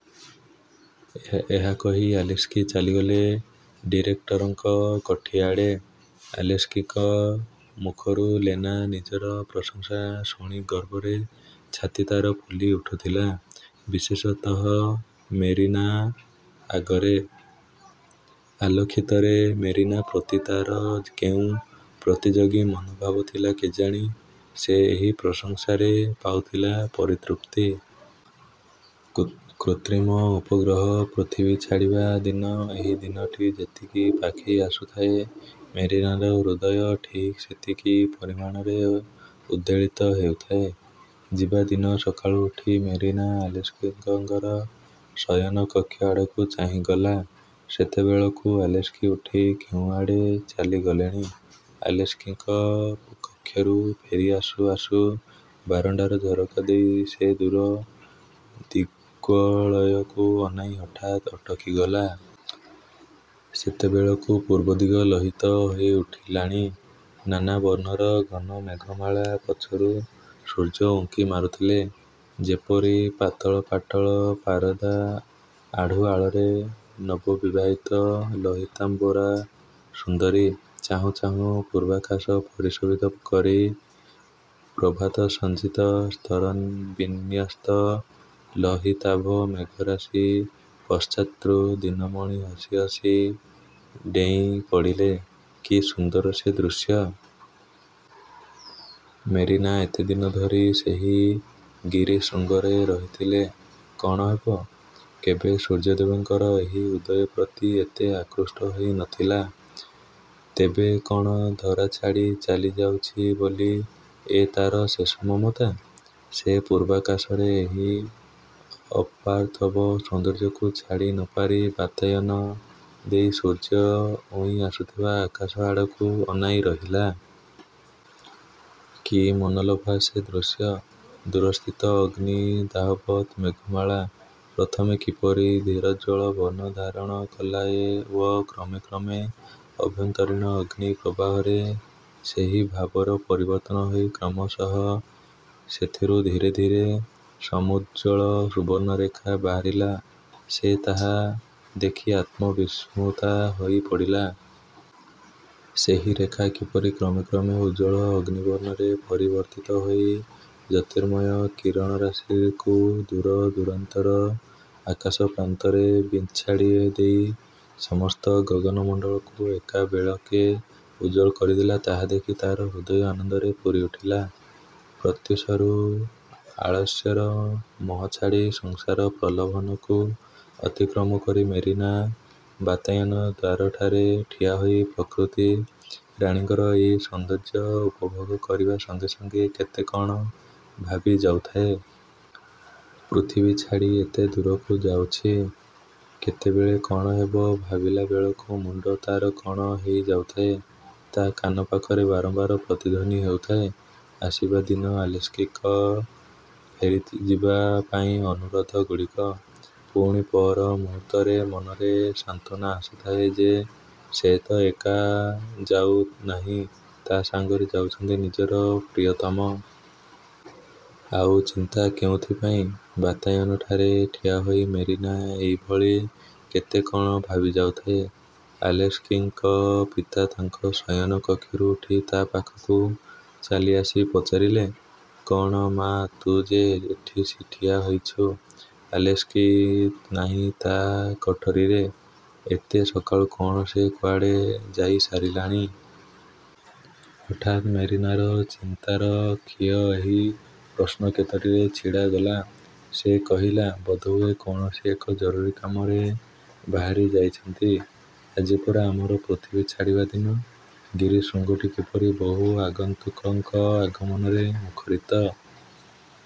'' ଏହା କହି ଆଲେସ୍କି ଚାଲିଗଲେ ଡିରେକ୍ଟରଙ୍କ କୋଠି ଆଡ଼େ। ଆଲେସ୍କିଙ୍କ ମୁଖରୁ ଲେନା ନିଜର ପ୍ରଶଂସା ଶୁଣି ଗର୍ବରେ ଛାତି ତା'ର ଫୁଲି ଉଠୁଥିଲା, ବିଶେଷତଃ ମେରିନା ଆଗରେ। ଅଲକ୍ଷିତରେ ମେରିନା ପ୍ରତି ତା'ର କେଉଁ ପ୍ରତିଯୋଗୀ ମନୋଭାବ ଥିଲା କେଜାଣି, ସେ ଏହି ପ୍ରଶଂସାରେ ପାଉଥିଲା ପରିତୃପ୍ତି। କୃତ୍ରିମ ଉପଗ୍ରହ ପୃଥିବୀ ଛାଡ଼ିବା ଦିନ ଏହି ଦିନଟି ଯେତିକି ପାଖେଇ ଆସୁଥାଏ, ମେରିନାର ହୃଦୟ ଠିକ୍ ସେତିକି ପରିମାଣରେ ଉଦ୍ବେଳିତ ହେଉଥାଏ। ଯିବା ଦିନ ସକାଳୁ ଉଠି ମେରିନା ଆଲେସ୍କିଙ୍କର ଶୟନକକ୍ଷ ଆଡ଼କୁ ଚାଲିଗଲା। ସେତେବେଳକୁ ଆଲେସ୍କି ଉଠି କେଉଁଆଡ଼େ ଚାଲିଗଲେଣି। ଆଲେସ୍କିଙ୍କ କକ୍ଷରୁ ଫେରି ଆସୁ ଆସୁ ବାରଣ୍ଡାର ଝରକା ଦେଇ ସେ ଦୂର ଦିଗ୍ବଳୟକୁ ଅନାଇ ହଠାତ୍ ଅଟକିଗଲା। ସେତେବେଳକୁ ପୂର୍ବଦିଗ ଲୋହିତ ହୋଇଉଠିଲାଣି। ନାନା ବର୍ଣ୍ଣର ଘନ ମେଘମାଳା ପଛରୁ ସୂର୍ଯ୍ୟ ଉଙ୍କି ମାରୁଥିଲେ; ଯେପରି ପାତଳ-ପାଟଳ-ପାରଦା ଆଢୁଆଳରେ ନବବିବାହିତା ଲୋହିତାମ୍ବରା ସୁନ୍ଦରୀ। ଚାହୁଁ ଚାହୁଁ ପୂର୍ବାକାଶ ପରିଶୋଭିତ କରି ପ୍ରଭାତସଞ୍ଚିତ ସ୍ତରବିନ୍ୟସ୍ତ ଲୋହିତାଭ ମେଘରାଶି ପଶ୍ଚାତ୍ରୁ ଦିନମଣି ହସି ହସି ଡେଇଁପଡ଼ିଲେ। କି ସୁନ୍ଦର ସେ ଦୃଶ୍ୟ! ମେରିନା ଏତେଦିନ ଧରି ସେହି ଗିରିଶୃଙ୍ଗରେ ରହିଥିଲେ କ'ଣ ହେବ, କେବେ ସୂର୍ଯ୍ୟଦେବଙ୍କର ଏହି ଉଦୟ ପ୍ରତି ଏତେ ଆକୃଷ୍ଟ ହୋଇ ନଥିଲା। ତେବେ କ'ଣ ଧରା ଛାଡ଼ି ଚାଲିଯାଉଛି ବୋଲି ଏ ତା'ର ଶେଷ ମମତା? ସେ ପୂର୍ବାକାଶରେ ଏହି। ଅପାର୍ଥିବ ସୌନ୍ଦର୍ଯ୍ୟକୁ ଛାଡ଼ି ନପାରି ବାତାୟନ ଦେଇ ସୂର୍ଯ୍ୟ ଉଇଁଆସୁଥିବା ଆକାଶ ଆଡ଼କୁ ଅନାଇ ରହିଲା। କି ମନୋଲୋଭା ସେ ଦୃଶ୍ୟ! ଦୂରସ୍ଥିତ ଅଗ୍ନିଦାହବତ୍ ମେଘମାଳା ପ୍ରଥମେ କିପରି ଧୀରୋଜ୍ଜ୍ୱଳ ବର୍ଣ୍ଣ ଧାରଣ କଲା ଓ କ୍ରମେ କ୍ରମେ ଆଭ୍ୟନ୍ତରୀଣ ଅଗ୍ନିପ୍ରବାହରେ ସେହି ଭାବର ପରିବର୍ତ୍ତନ ହୋଇ କ୍ରମଶଃ ସେଥିରୁ ଧୀରେ ଧୀରେ ସମୁଜ୍ଜ୍ୱଳ ସୁବର୍ଣ୍ଣ ରେଖା ବାହାରିଲା, ସେ ତାହା ଦେଖି ଆତ୍ମବିସ୍ମୃତା ହୋଇପଡ଼ିଲା। ସେହି ରେଖା କିପରି କ୍ରମେ କ୍ରମେ ଉଜ୍ଜ୍ୱଳ ଅଗ୍ନିବର୍ଣ୍ଣରେ ପରିବର୍ତ୍ତିତ ହୋଇ ଜ୍ୟୋତିର୍ମୟ କିରଣରାଶିକୁ ଦୂରଦୂରାନ୍ତର ଆକାଶପ୍ରାନ୍ତରେ ବିଞ୍ଛାଡ଼ି ଦେଇ ସମସ୍ତ ଗଗନମଣ୍ଡଳକୁ ଏକାବେଳକେ ଉଜ୍ଜ୍ୱଳ କରିଦେଲା, ତାହା ଦେଖି ତା'ର ହୃଦୟ ଆନନ୍ଦରେ ପୂରିଉଠିଲା। ପ୍ରତ୍ୟୁଷରୁ ଆଳସ୍ୟର ମୋହ ଛାଡ଼ି ସଂସାର ପ୍ରଲୋଭନକୁ ଅତିକ୍ରମ କରି ମେରିନା ବାତାୟନ ଦ୍ୱାରଠାରେ ଠିଆହୋଇ ପ୍ରକୃତି–ରାଣୀଙ୍କର ଏଇ ସୌନ୍ଦର୍ଯ୍ୟ ଉପଭୋଗ କରିବା ସଙ୍ଗେ ସଙ୍ଗେ କେତେ କ'ଣ ଭାବିଯାଉଥାଏ। ପୃଥିବୀ ଛାଡ଼ି ଏତେ ଦୂରକୁ ଯାଉଛି, କେତେବେଳେ କ'ଣ ହେବ, ଭାବିଲାବେଳକୁ ମୁଣ୍ଡ ତାର କଣ ହୋଇଯାଉଥାଏ। ତା' କାନ ପାଖରେ ବାରମ୍ବାର ପ୍ରତିଧ୍ୱନି ହେଉଥାଏ, ଆସିବା ଦିନ ଆଲେସ୍କିଙ୍କ ଫେରିଯିବା ପାଇଁ ଅନୁରୋଧଗୁଡ଼ିକ। ପୁଣି ପର ମୁହୂର୍ତ୍ତରେ ମନରେ ସାନ୍ତ୍ୱନା ଆସୁଥାଏ ଯେ ସେ ତ ଏକା ଯାଉନାହିଁ, ତା ସାଙ୍ଗରେ ଯାଉଛନ୍ତି ନିଜର ପ୍ରିୟତମ। ଆଉ ଚିନ୍ତା କେଉଁଥିପାଇଁ? ବାତାୟନଠାରେ ଠିଆହୋଇ ମେରିନା ଏଇଭଳି କେତେ କ'ଣ ଭାବିଯାଉଥିଲା। ଆଲେସ୍କିଙ୍କ ପିତା ତାଙ୍କ ଶୟନ କକ୍ଷରୁ ଉଠି ତା ପାଖକୁ ଚାଲିଆସି ପଚାରିଲେ, ''କ'ଣ ମା, ତୁ ଯେ ଏଠି ଠିଆ ହୋଇଛୁ? ଆଲେସ୍କି ନାହିଁ ତା କୋଠରିରେ? ଏତେ ସକାଳୁ କ'ଣ ସେ କୁଆଡ଼େ ଯାଇସାରିଲାଣି-? '' ହଠାତ୍ ମେରିନାର ଚିନ୍ତାର ଖିଅ ଏହି ପ୍ରଶ୍ନ କେତୋଟିରେ ଛିଡ଼ିଗଲା। ସେ କହିଲା, ''ବୋଧହୁଏ, କୌଣସି ଏକ ଜରୁରୀ କାମରେ ବାହାରି ଯାଇଛନ୍ତି। ଆଜି ପରା ଆମର ପୃଥିବୀ ଛାଡ଼ିବା ଦିନ। ଗିରିଶୃଙ୍ଗଟି କିପରି ବହୁ ଆଗନ୍ତୁକଙ୍କ ଆଗମନରେ ମୁଖରିତ